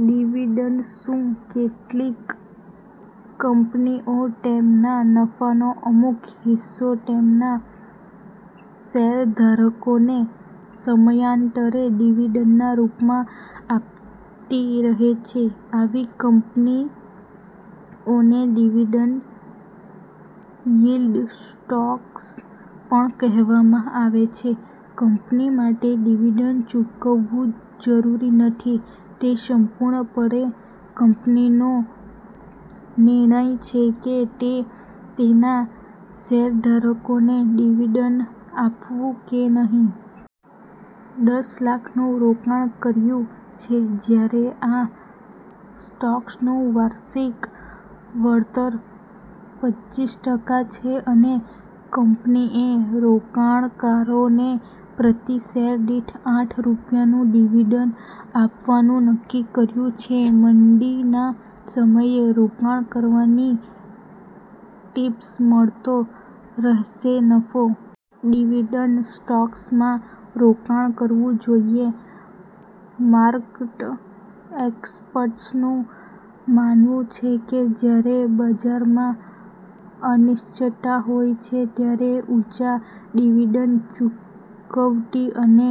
Dividend શું છે? કેટલીક કંપનીઓ તેમના નફાનો અમુક હિસ્સો તેમના શેરધારકોને સમયાંતરે ડિવિડન્ડના રૂપમાં આપતી રહે છે. આવી કંપનીઓને ડિવિડન્ડ યીલ્ડ સ્ટોક્સ પણ કહેવામાં આવે છે. કંપની માટે ડિવિડન્ડ ચૂકવવું જરૂરી નથી. તે સંપૂર્ણપણે કંપનીનો નિર્ણય છે કે તે તેના શેરધારકોને ડિવિડન્ડ આપવું કે નહીં. દસ લાખ નું રોકાણ કર્યું છે. જ્યારે આ સ્ટોક્સનું વાર્ષિક વળતર પચીસ ટકા છે અને કંપનીએ રોકાણકારોને પ્રતિ શેર દીઠ આઠ રૂપિયાનું ડિવિડન્ડ આપવાનું નક્કી કર્યું છે. મંદીના સમયે રોકાણ કરવાની ટીપ્સ, મળતો રહેશે નફો. ડિવિડન્ડ સ્ટોક્સમાં રોકાણ કરવું જોઇએ. માર્કેટ એક્સપર્ટ્સનું માનવું છે કે, જ્યારે બજારમાં અનિશ્ચિતતા હોય છે, ત્યારે ઊંચા ડિવિડન્ડ ચૂકવતી અને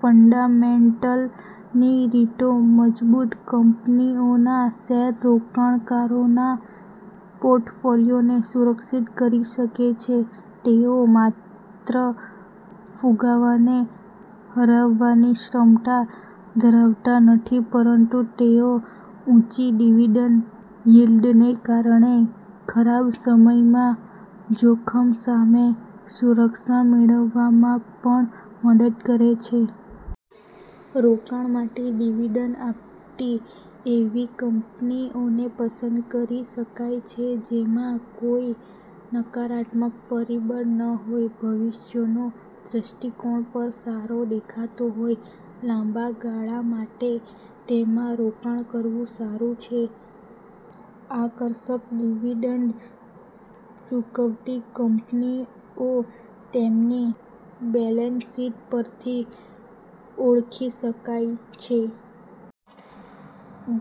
ફંડામેન્ટલની રીતે મજબૂત કંપનીઓના શેર રોકાણકારોના પોર્ટફોલિયોને સુરક્ષિત કરી શકે છે. તેઓ માત્ર ફુગાવાને હરાવવાની ક્ષમતા ધરાવતા નથી, પરંતુ તેઓ ઊંચી ડિવિડન્ડ યીલ્ડને કારણે ખરાબ સમયમાં જોખમ સામે સુરક્ષા મેળવવામાં પણ મદદ કરે છે. રોકાણ માટે ડિવિડન્ડ આપતી એવી કંપનીઓને પસંદ કરી શકાય છે, જેમાં કોઈ નકારાત્મક પરિબળ ન હોય, ભવિષ્યનો દ્રષ્ટિકોણ પણ સારો દેખાતો હોય. લાંબા ગાળા માટે તેમાં રોકાણ કરવું સારું છે. આકર્ષક ડિવિડન્ડ ચૂકવતી કંપનીઓ તેમની બેલેન્સ શીટ પરથી ઓળખી શકાય છે.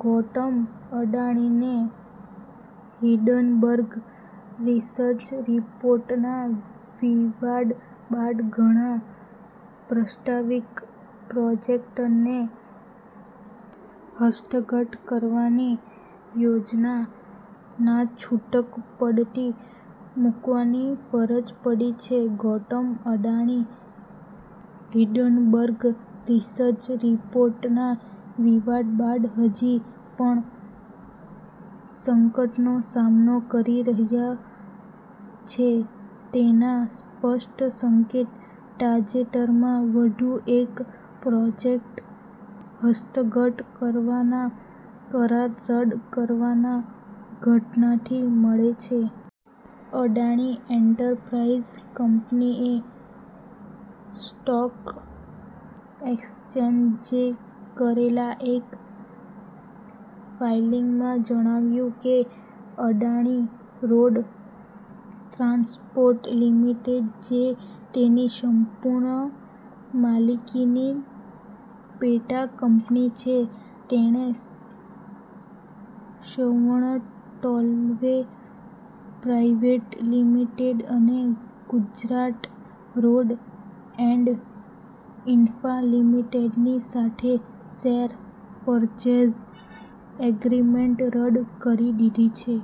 ગૌતમ અદાણીને હિડનબર્ગ રિસર્ચ રિપોર્ટના વિવાદ બાદ ઘણા પ્રસ્તાવિત પ્રોજેક્ટને હસ્તગત કરવાની યોજના નાછુટક પડતી મૂકવાની ફરજ પડી છે. ગૌતમ અદાણી હિંડનબર્ગ રિસર્ચ રિપોર્ટના વિવાદ બાદ હજી પણ સંકટનો સામનો કરી રહ્યા છે, તેના સ્પષ્ટ સંકેત તાજેતરમાં વધુ એક પ્રોજેક્ટ હસ્તગત કરવાના કરાર રદ કરવાના ઘટનાથી મળે છે. અદાણી એન્ટરપ્રાઇસ કંપનીએ સ્ટોક એક્સચેન્જે કરેલા એક ફાઇલિંગમાં જણાવ્યું કે, અદાણી રોડ ટ્રાન્સપોર્ટ લિમિટેડ જે તેની સંપૂર્ણ માલિકીની પેટા કંપની છે તેણે સ્વર્ણ ટોલવે પ્રાઇવેટ લિમિટેડ અને ગુજરાત રોડ એન્ડ ઇન્ફ્રા લિમિટેડની સાથે શેર પર્ચેઝ એગ્રીમેન્ટ રદ કરી દીધો છે.